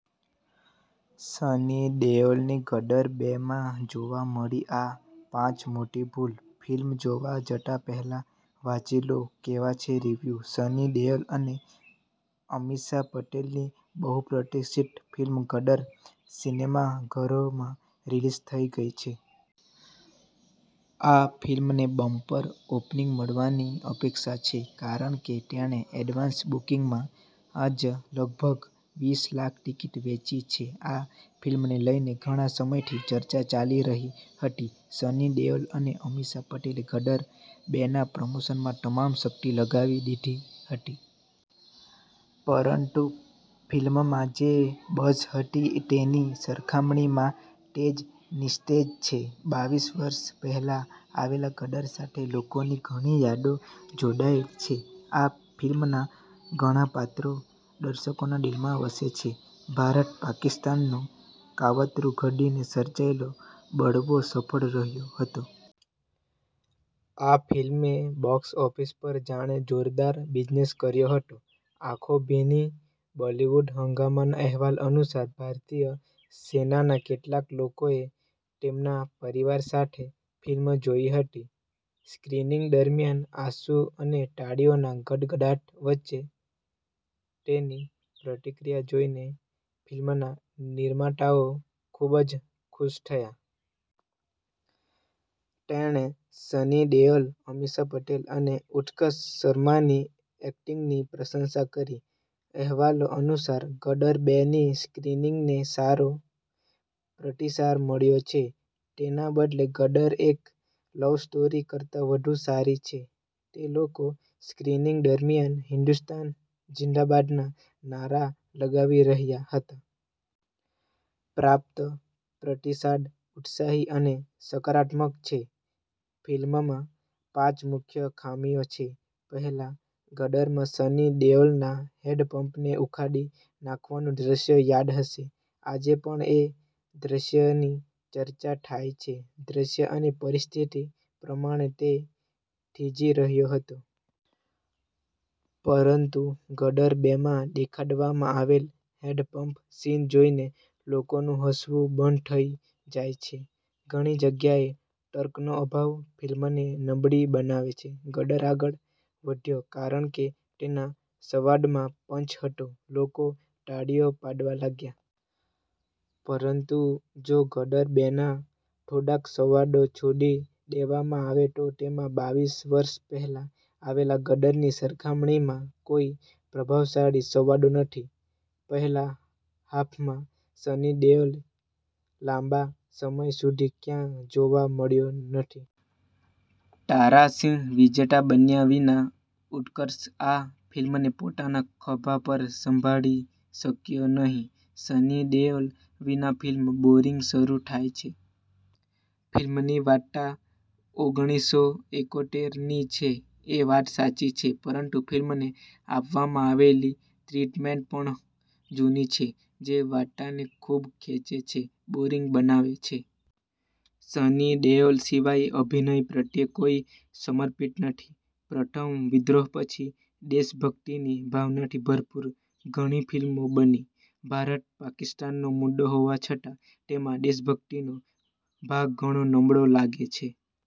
સની દેઓલની ' ગદર બે' માં જોવા મળી આ પાંચ મોટી ભૂલ.ફિલ્મ જોવા જતા પહેલા વાંચી લો કેવા છે રિવ્યૂ. સની દેઓલ અને અમીષા પટેલની બહુપ્રતિક્ષિત ફિલ્મ ગદર સિનેમાઘરોમાં રિલીઝ થઈ ગઈ છે. આ ફિલ્મને બમ્પર ઓપનિંગ મળવાની અપેક્ષા છે કારણ કે તેણે એડવાન્સ બુકિંગમાં જ લગભગ વીસ લાખ ટિકિટ વેચી છે. આ ફિલ્મને લઈને ઘણા સમયથી ચર્ચા ચાલી રહી હતી. સની દેઓલ અને અમીષા પટેલે ગદર બેના પ્રમોશનમાં તમામ શક્તિ લગાવી દીધી હતી. પરંતુ ફિલ્મમાં જે બઝ હતી તેની સરખામણીમાં તે નિસ્તેજ છે. બાવીસ વર્ષ પહેલા આવેલા ગદર સાથે લોકોની ઘણી યાદો જોડાયેલી છે. આ ફિલ્મના ઘણા પાત્રો દર્શકોના દિલમાં વસે છે. ભારત-પાકિસ્તાનનું કાવતરું ઘડીને સર્જાયેલો બળવો સફળ રહ્યો હતો. આ ફિલ્મે બોક્સ ઓફિસ પર પણ જોરદાર બિઝનેસ કર્યો હતો. આંખો ભીની બોલિવૂડ હંગામાના અહેવાલ અનુસાર, ભારતીય સેનાના કેટલાક લોકોએ તેમના પરિવાર સાથે ફિલ્મ જોઈ હતી. સ્ક્રિનિંગ દરમિયાન આંસુ અને તાળીઓના ગડગડાટ વચ્ચે તેની પ્રતિક્રિયા જોઈને ફિલ્મના નિર્માતાઓ ખૂબ જ ખુશ થયા. તેણે સની દેઓલ, અમીષા પટેલ અને ઉત્કર્ષ શર્માની એક્ટિંગની પ્રશંસા કરી. અહેવાલો અનુસાર, ગદર બે ની સ્ક્રીનિંગને સારો પ્રતિસાદ મળ્યો છે. તેના બદલે 'ગદર- એક લવ સ્ટોરી' કરતાં વધુ સારી છે. તે લોકો સ્ક્રીનિંગ દરમિયાન હિન્દુસ્તાન ઝિંદાબાદના નારા લગાવી રહ્યા હતા. પ્રાપ્ત પ્રતિસાદ ઉત્સાહી અને સકારાત્મક છે. ફિલ્મમાં પાંચ મુખ્ય ખામીઓ છે પહેલા ગદરમાં સની દેઓલના હેન્ડપંપને ઉખાડી નાખવાનું દ્રશ્ય યાદ હશે. આજે પણ એ દ્રશ્યની ચર્ચા થાય છે. દ્રશ્ય અને પરિસ્થિતિ પ્રમાણે તે થીજી રહ્યો હતો. પરંતુ ગદર બે માં દેખાડવામાં આવેલ હેન્ડપમ્પ સીન જોઈને લોકોનું હસવું બંધ થઈ જાય છે. ઘણી જગ્યાએ તર્કનો અભાવ ફિલ્મને નબળી બનાવે છે. ગદર આગળ વધ્યો કારણ કે તેના સંવાદમાં પંચ હતો. લોકો તાળીઓ પાડવા લાગ્યા. પરંતુ જો ગદર બે ના થોડાક સંવાદો છોડી દેવામાં આવે તો તેમાં બાવીસ વર્ષ પહેલા આવેલા ગદરની સરખામણીમાં કોઈ પ્રભાવશાળી સંવાદો નથી. પહેલા હાફમાં સની દેઓલ લાંબા સમય સુધી ક્યાંય જોવા મળ્યો નથી. તારા સિંહ વિજેતા બન્યા વિના, ઉત્કર્ષ આ ફિલ્મને પોતાના ખભા પર સંભાળી શક્યો નહીં. સની દેઓલ વિના ફિલ્મ બોરિંગ શરૂ થાય છે. ફિલ્મની વાર્તા ઓગણીસો એકોતેર ની છે, એ વાત સાચી છે, પરંતુ ફિલ્મને આપવામાં આવેલી ટ્રીટમેન્ટ પણ જૂની છે, જે વાર્તાને ખૂબ ખેંચે છે, બોરિંગ બનાવે છે. સની દેઓલ સિવાય અભિનય પ્રત્યે કોઈ સમર્પિત નથી. પ્રથમ વિદ્રોહ પછી દેશભક્તિની ભાવનાથી ભરપૂર ઘણી ફિલ્મો બની. ભારત-પાકિસ્તાનનો મુદ્દો હોવા છતાં તેમાં દેશભક્તિનો ભાગ ઘણો નબળો લાગે છે.